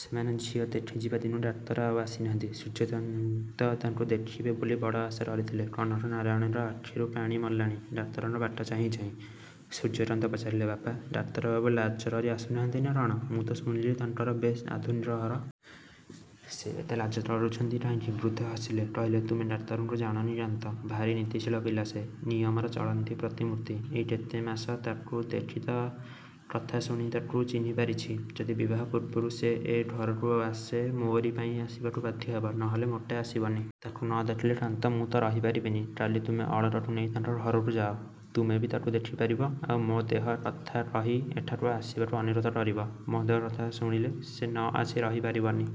ସେମାନେ ଝିଅ ଦେଖିଯିବା ଦିନୁ ଡାକ୍ତର ଆଉ ଆସିନାହାନ୍ତି। ସୂର୍ଯ୍ୟକାନ୍ତ ତାଙ୍କୁ ଦେଖିବେ ବୋଲି ବଡ଼ ଆଶା କରିଥିଲେ। କନକ ନାରାୟଣଙ୍କ ଆଖିରୁ ପାଣି ମଲାଣି ଡାକ୍ତରଙ୍କ ବାଟ ଚାହିଁ ଚାହିଁ। ସୂର୍ଯ୍ୟକାନ୍ତ ପଚାରିଲେ ବାପା, ଡାକ୍ତରବାବୁ ଲାଜ କରି ଆସୁନାହାନ୍ତି ନା କ'ଣ? ମୁଁ ତ ଶୁଣିଲି ତାଙ୍କର ବେଶ୍ ଆଧୁନିକ ଘର। ସେ ଏତେ ଲାଜ କରୁଛନ୍ତି କାହିଁକି? ବୃଦ୍ଧ ହସିଲେ। କହିଲେ ତୁମେ ଡାକ୍ତରଙ୍କୁ ଜାଣନି କାନ୍ତ, ଭାରୀ ନୀତିଶୀଳ ପିଲା ସେ। ନିୟମର ଚଳନ୍ତି ପ୍ରତିମୂର୍ତ୍ତି। ଏଇ କେତେ ମାସ ତାକୁ ଦେଖି ତ କଥା ଶୁଣି ତାକୁ। ଚିହ୍ନି ପାରିଛି। ଯଦି ବିବାହ ପୂର୍ବରୁ ସେ ଏ ଘରକୁ ଆସେ ମୋରି ପାଇଁ ଆସିବାକୁ ବାଧ୍ୟ ହେବ, ନହେଲେ ମୋଟେ ଆସିବନି। ତାକୁ ନ ଦେଖିଲେ କାନ୍ତ ମୁଁ ତ ରହି ପାରିବିନି। କାଲି ତୁମେ ଅଳକାକୁ ନେଇ ତାଙ୍କ ଘରକୁ ଯାଅ। ତୁମେ ବି ତାକୁ ଦେଖି ପାରିବ, ଆଉ ମୋ ଦେହ କଥା କହି ଏଠାକୁ ଆସିବାକୁ ଅନୁରୋଧ କରିବ। ମୋ ଦେହ କଥା ଶୁଣିଲେ ସେ ନ ଆସି ରହି ପାରିବନି।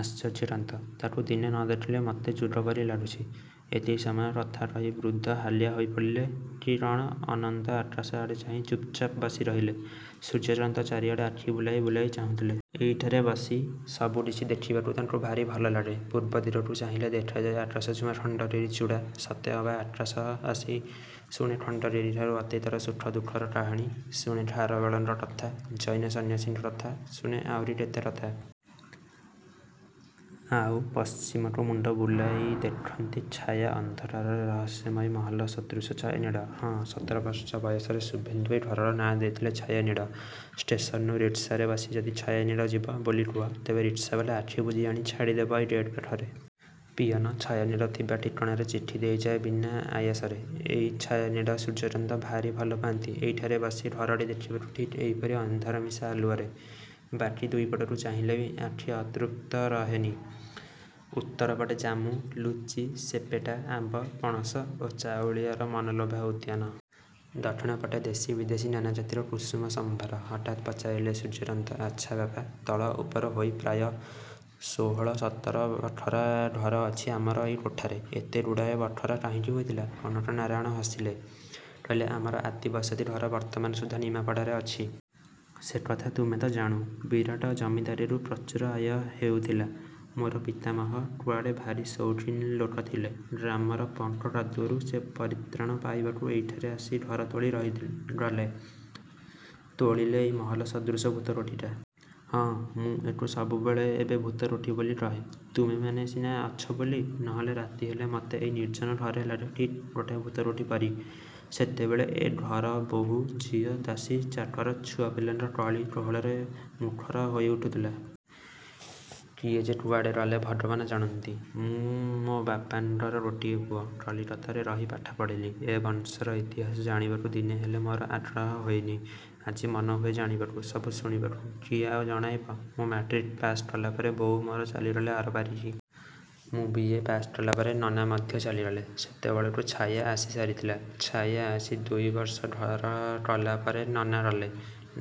ଆଶ୍ଚର୍ଯ୍ୟ କାନ୍ତ, ତାକୁ ଦିନେ ନ ଦେଖିଲେ ମୋତେ ଯୁଗ ପରି ଲାଗୁଛି। ଏତିକି ସମୟ କଥା କହି ବୃଦ୍ଧ ହାଲିଆ ହୋଇ ପଡ଼ିଲେ କି କ'ଣ ଅନନ୍ତ ଆକାଶ ଆଡ଼େ ଚାହିଁ ଚୁପ୍ ଚାପ୍ ବସି ରହିଲେ। ସୂର୍ଯ୍ୟକାନ୍ତ ଚାରିଆଡ଼େ ଆଖି ବୁଲାଇ ବୁଲାଇ ଚାହୁଁଥିଲେ। ଏଇଠାରେ ବସି ସବୁ କିଛି ଦେଖିବାକୁ ତାଙ୍କୁ ଭାରି ଭଲ ଲାଗେ। ପୂର୍ବ ଦିଗକୁ ଚାହିଁଲେ ଦେଖାଯାଏ ଆକାଶ ଛୁଆଁ ଖଣ୍ଡଗିରି ଚୂଡ଼ା। ସତେଅବା ଆକାଶ ଆସି ଶୁଣେ ଖଣ୍ଡଗିରିଠାରୁ ଅତୀତର ସୁଖ ଦୁଃଖର କାହାଣୀ, ଶୁଣେ ଖାରବେଳଙ୍କ କଥା, ଜୈନ ସନ୍ନ୍ୟାସୀଙ୍କ କଥା, ଶୁଣେ ଆହୁରି କେତେ କଥା । ଆଉ ପଶ୍ଚିମକୁ ମୁଣ୍ଡ ବୁଲାଇ ଦେଖନ୍ତି ଛାୟା ଅନ୍ଧକାରରେ ରହସ୍ୟମୟୀ ମହଲ ସଦୃଶ ଛାୟାନୀଡ଼। ହଁ ସତର ବର୍ଷ ବୟସରେ ଶୁଭେନ୍ଦୁ ଏଇ ଘରର ନାଁ ଦେଇଥିଲେ "ଛାୟାନୀଡ଼"। ଷ୍ଟେସନରୁ ରିକ୍ସାରେ ବସି ଯଦି "ଛାୟାନୀଡ଼" ଯିବ ବୋଲି କୁହ, ତେବେ ରିକ୍ସାବାଲା ଆଖିବୁଜି ଆଣି ଛାଡ଼ିଦେବ ଏହି ଗେଟ୍ ପାଖରେ। ପିଅନ "ଛାୟାନୀଡ଼" ଥିବା ଠିକଣାରେ ଚିଠି ଦେଇଯାଏ ବିନା ଆୟାସରେ। ଏଇ "ଛାୟାନୀଡ଼" ସୂର୍ଯ୍ୟକାନ୍ତ ଭାରି ଭଲ ପାଆନ୍ତି ଏଇଠାରେ ବସି ଘରଟି ଦେଖିବାକୁ ଠିକ୍ ଏହିପରି ଅନ୍ଧାର ମିଶା ଆଲୁଅରେ। ବାକି ଦୁଇପଟକୁ ଚାହିଁଲେ ବି ଆଖି ଅତୃପ୍ତ ରହେନି। ଉତ୍ତର ପଟେ ଜାମୁ, ଲୁଚି, ସେପେଟା, ଆମ୍ବ, ପଣସ ଓ ଚାଉଳିଆର ମନଲୋଭା ଉଦ୍ୟାନ। ଦକ୍ଷିଣପଟେ ଦେଶୀ ବିଦେଶୀ ନାନା ଜାତିର କୁସୁମ ସମ୍ଭାର। ହଠାତ୍ ପଚାରିଲେ ସୂର୍ଯ୍ୟକାନ୍ତ ଆଚ୍ଛା ବାପା, ତଳ ଉପର ହୋଇ ପ୍ରାୟ ଷୋହଳ ସତର ବଖରା ଘର ଅଛି ଆମର ଏଇ କୋଠାରେ। ଏତେଗୁଡ଼ାଏ ବଖରା କାହିଁକି ହୋଇଥିଲା? କନକ ନାରାୟଣ ହସିଲେ, କହିଲେ ଆମର ଆଦିବସତି ଘର ବର୍ତ୍ତମାନ ସୁଦ୍ଧା ନିମାପଡ଼ାରେ ଅଛି। ସେକଥା ତୁମେ ତ ଜାଣୁ। ବିରାଟ ଜମିଦାରୀରୁ ପ୍ରଚୁର ଆୟ ହେଉଥିଲା। ମୋର ପିତାମହ କୁଆଡ଼େ ଭାରି ସୌଖିନ୍ ଲୋକ ଥିଲେ। ଗ୍ରାମର ପଙ୍କ କାଦୁଅରୁ ସେ ପରିତ୍ରାଣ ପାଇବାକୁ ଏଇଠାରେ ଆସି ଘର ତୋଳି ରହିଗଲେ। ତୋଳିଲେ ଏଇ ମହଲ ସଦୃଶ ଭୂତ କୋଠିଟା। ହଁ, ମୁଁ ଏକୁ ସବୁବେଳେ ଏବେ ଭୂତକୋଠି ବୋଲି କହେ। ତୁମେମାନେ ସିନା ଅଛ ବୋଲି, ନହେଲେ ରାତି ହେଲେ ମତେ ଏଇ ନିର୍ଜନ ଘର ଲାଗେ ଠିକ୍ ଗୋଟାଏ ଭୂତକୋଠି ପରି। ସେତେବେଳେ ଏ ଘର ବୋହୂ, ଝିଅ, ଦାସୀ, ଚାକର ଛୁଆପିଲାଙ୍କ କଳି କୋହଳରେ ମୁଖର ହୋଇ ଉଠୁଥିଲା। କିଏ, ଯେ କୁଆଡ଼େ ଗଲେ ଭଗବାନ ଜାଣନ୍ତି। ମୁଁ, ମୋ ବାପାଙ୍କର ଗୋଟିଏ ପୁଅ। କଲିକତାରେ ରହି ପାଠ ପଢ଼ିଲି। ଏ ବଂଶର ଇତିହାସ ଜାଣିବାକୁ ଦିନେହେଲେ ମୋର ଆଗ୍ରହ ହୋଇନି। ଆଜି ମନହୁଏ ଜାଣିବାକୁ, ସବୁ ଶୁଣିବାକୁ। କିଏ ଆଉ ଜଣାଇବ! ମୁଁ ମାଟ୍ରିକ୍ ପାଶ୍ କଲାପରେ ବୋଉ ମୋର ଚାଲିଗଲେ ଆରପାରିକି। ମୁଁ ବି. ଏ. ପାଶ୍ କଲାପରେ ନନା ମଧ୍ୟ ଚାଲିଗଲେ। ସେତେବେଳକୁ ଛାୟା ଆସିସାରିଥିଲା। ଛାୟା ଆସି ଦୁଇବର୍ଷ ଘର କଲାପରେ ନନା ଗଲେ।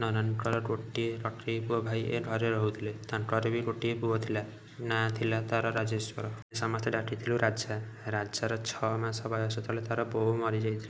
ନନାଙ୍କର ଗୋଟିଏ କକେଇ ପୁଅ ଭାଇ ଏ ଘରେ ରହୁଥିଲେ। ତାଙ୍କର ବି ଗୋଟିଏ ପୁଅ ଥିଲା। ନାଁ ଥିଲା ତା'ର "ରାଜେଶ୍ୱର"। ଆମେ ସମସ୍ତେ ଡାକିଥିଲୁ "ରାଜା"। ରାଜାର ଛଅମାସ ବୟସ ତଳେ ତା'ର ବୋଉ ମରିଯାଇଥିଲେ।